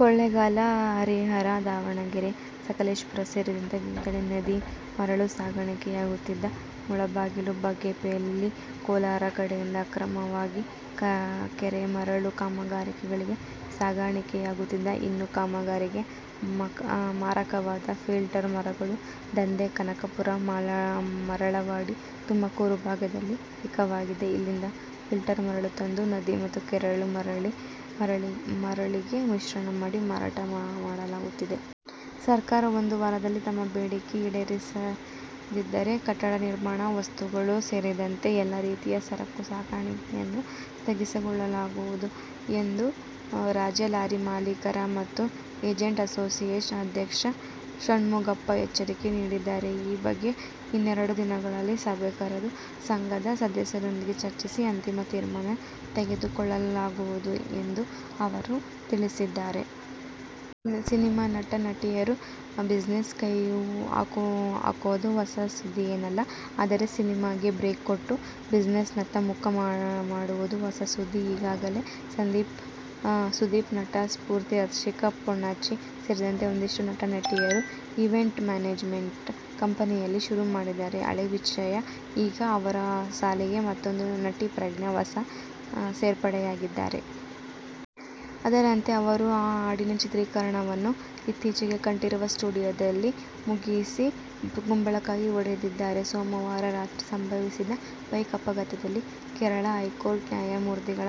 ಕೊಳ್ಳೇಗಾಲ, ಹರಿಹರ, ದಾವಣಗೆರೆ, ಸಕಲೇಶಪುರ ಸೇರಿದಂತೆ ವಿವಿಧೆಡೆಯಿಂದ ನದಿ ಮರಳು ಸಾಗಾಣಿಕೆಯಾಗುತ್ತಿದ್ದು, ಮುಳಬಾಗಿಲು, ಬಾಗೇಪಲ್ಲಿ, ಕೋಲಾರ ಕಡೆಯಿಂದ ಅಕ್ರಮವಾಗಿ ಕೆರೆ ಮರಳು ಕಾಮಗಾರಿಗಳಿಗೆ ಸಾಗಾಣಿಕೆಯಾಗುತ್ತಿದೆ. ಇನ್ನು ಕಾಮಗಾರಿಗೆ ಮಾರಕವಾದ ಫಿಲ್ಟರ್ ಮರಳು ದಂಧೆ ಕನಕಪುರ, ಮರಳವಾಡಿ, ತುಮಕೂರು ಭಾಗದಲ್ಲಿ ಅಧಿಕವಾಗಿದೆ. ಇಲ್ಲಿಂದ ಫಿಲ್ಟರ್ ಮರಳು ತಂದು ನದಿ ಮತ್ತು ಕೆರೆ ಮರಳಿಗೆ ಮಿಶ್ರಣ ಮಾಡಿ ಮಾರಾಟ ಮಾಡಲಾಗುತ್ತಿದೆ. ಸರ್ಕಾರ ಒಂದು ವಾರದಲ್ಲಿ ತಮ್ಮ ಬೇಡಿಕೆ ಈಡೇರಿಸದಿದ್ದರೆ, ಕಟ್ಟಡ ನಿರ್ಮಾಣ ವಸ್ತುಗಳು ಸೇರಿದಂತೆ ಎಲ್ಲಾ ರೀತಿಯ ಸರಕು ಸಾಗಣೆಯನ್ನು ಸ್ಥಗಿತಗೊಳಿಸಲಾಗುವುದು ಎಂದು ರಾಜ್ಯ ಲಾರಿ ಮಾಲೀಕರ ಮತ್ತು ಏಜೆಂಟ್ಸ್ ಅಸೋಸಿಯೇಷನ್ ಅಧ್ಯಕ್ಷ ಷಣ್ಮುಗಪ್ಪ ಎಚ್ಚರಿಕೆ ನೀಡಿದ್ದಾರೆ. ಈ ಬಗ್ಗೆ ಇನ್ನೆರಡು ದಿನಗಳಲ್ಲಿ ಸಭೆ ಕರೆದು ಸಂಘದ ಸದಸ್ಯರೊಂದಿಗೆ ಚರ್ಚಿಸಿ ಅಂತಿಮ ತೀರ್ಮಾನ ತೆಗೆದುಕೊಳ್ಳಲಾಗುವುದು ಎಂದು ಅವರು ತಿಳಿಸಿದ್ದಾರೆ. ಸಿನಿಮಾ ನಟ, ನಟಿಯರು ಬಿಜಿನೆಸ್ಗೆ ಕೈ ಹಾಕೋದು ಹೊಸ ಸುದ್ದಿಯೇನಲ್ಲ, ಆದರೆ, ಸಿನಿಮಾಗೇ ಬ್ರೇಕ್ ಕೊಟ್ಟು ಬಿಜಿನೆಸ್ನತ್ತ ಮುಖ ಮಾಡೋದು ಹೊಸ ಸುದ್ದಿ. ಈಗಾಗಲೇ ಸುದೀಪ್, ನಟಿ ಸ್ಫೂರ್ತಿ, ಹರ್ಷಿಕಾ ಪೂಣಚ್ಚ ಸೇರಿದಂತೆ ಒಂದಷ್ಟು ನಟ-ನಟಿಯರು ಈವೆಂಟ್ ಮ್ಯಾನೇಜ್ಮೆಂಟ್ ಕಂಪೆನಿಗಳನ್ನು ಶುರುಮಾಡಿರೋದು ಹಳೇ ವಿಷಯ. ಈಗ ಅವರ ಸಾಲಿಗೆ ಮತ್ತೂಬ್ಬ ನಟಿ ಪ್ರಜ್ಞಾ ಹೊಸ ಸೇರ್ಪಡೆಯಾಗಿದ್ದಾರೆ. ಅದರಂತೆ ಅವರು ಆ ಹಾಡಿನ ಚಿತ್ರೀಕರಣವನ್ನು ಇತ್ತೀಚೆಗೆ ಕಂಠೀರವ ಸ್ಟುಡಿಯೋದಲ್ಲಿ ಮುಗಿಸಿ ಕುಂಬಳಕಾಯಿ ಒಡೆದಿದ್ದಾರೆ. ಸೋಮವಾರ ರಾತ್ರಿ ಸಂಭವಿಸಿದ ಬೈಕ್ ಅಪಘಾತದಲ್ಲಿ ಕೇರಳ ಹೈಕೋರ್ಟ್ನ ನ್ಯಾಯಮೂರ್ತಿಗಳ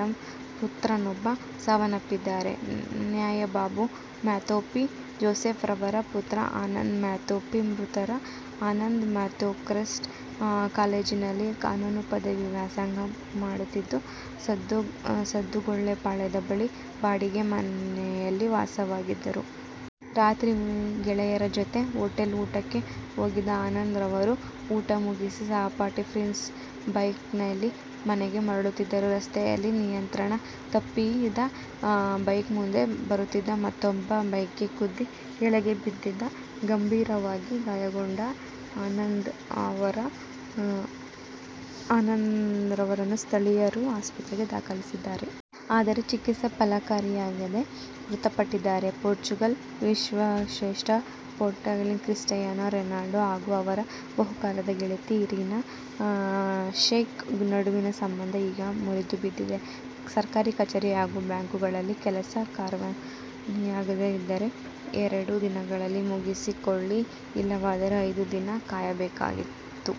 ಪುತ್ರನೊಬ್ಬ ಸಾವನ್ನಪ್ಪಿದ್ದಾರೆ. ನ್ಯಾ. Babu Mathew P. ಜೋಸೆಫ್ ಅವರ ಪುತ್ರ ಆನಂದ್ ಮ್ಯಾಥ್ಯೂ ಮೃತರು. ಆನಂದ್ ಮ್ಯಾಥ್ಯೂ ಕ್ರೈಸ್ಟ್ ಕಾಲೇಜಿನಲ್ಲಿ ಕಾನೂನು ಪದವಿ ವ್ಯಾಸಂಗ ಮಾಡುತ್ತಿದ್ದು, ಸುದ್ದುಗುಂಟೆಪಾಳ್ಯದ ಬಳಿ ಬಾಡಿಗೆ ಮನೆಯಲ್ಲಿ ವಾಸವಾಗಿದ್ದರು. ರಾತ್ರಿ ಗೆಳೆಯರ ಜತೆ ಹೋಟೆಲ್ಗೆ ಊಟಕ್ಕೆ ಹೋಗಿದ್ದ ಆನಂದ್ ಅವರು, ಊಟ ಮುಗಿಸಿ ಸಹಪಾಠಿ ಪ್ರಿನ್ಸ್ ಬೈಕ್ನಲ್ಲಿ ಮನೆಗೆ ಮರಳುತ್ತಿದ್ದರು. ರಸ್ತೆಯಲ್ಲಿ ನಿಯಂತ್ರಣ ತಪ್ಪಿದ ಬೈಕ್ ಮುಂದೆ ಬರುತ್ತಿದ್ದ ಮತ್ತೂಂದು ಬೈಕ್ಗೆ ಗುದ್ದಿ ಕೆಳಗೆ ಬಿದ್ದಿದೆ. ಗಂಭೀರವಾಗಿ ಗಾಯಗೊಂಡ ಆನಂದ್ ಅವರನ್ನು ಸ್ಥಳೀಯರು ಆಸ್ಪತ್ರೆಗೆ ದಾಖಲಿಸಿದ್ದಾರೆ. ಆದರೆ ಚಿಕಿತ್ಸೆ ಫಲಕಾರಿಯಾಗದೆ ಮೃತಪಟ್ಟಿದ್ದಾರೆ. ಪೋರ್ಚುಗಲ್ ವಿಶ್ವಶ್ರೇಷ್ಠ ಫುಟ್ಬಾಲಿಗ ಕ್ರಿಸ್ಟಿಯಾನೋ ರೊನಾಲ್ಡೊ ಹಾಗೂ ಅವರ ಬಹುಕಾಲದ ಗೆಳತಿ ಇರಿನಾ ಶೈಕ್ ನಡುವಿನ ಸಂಬಂಧ ಈಗ ಮುರಿದುಬಿದ್ದಿದೆ. ಸರ್ಕಾರಿ ಕಚೇರಿ ಹಾಗೂ ಬ್ಯಾಂಕುಗಳಲ್ಲಿ ಕೆಲಸ- ಕಾರ್ಯವೇನಾದರೂ ಇದ್ದರೆ ಎರಡು ದಿನದೊಳಗೆ ಮುಗಿಸಿಕೊಳ್ಳಿ. ಇಲ್ಲವಾದರೆ ಐದಾರು ದಿನ ಕಾಯಬೇಕಾದೀತು.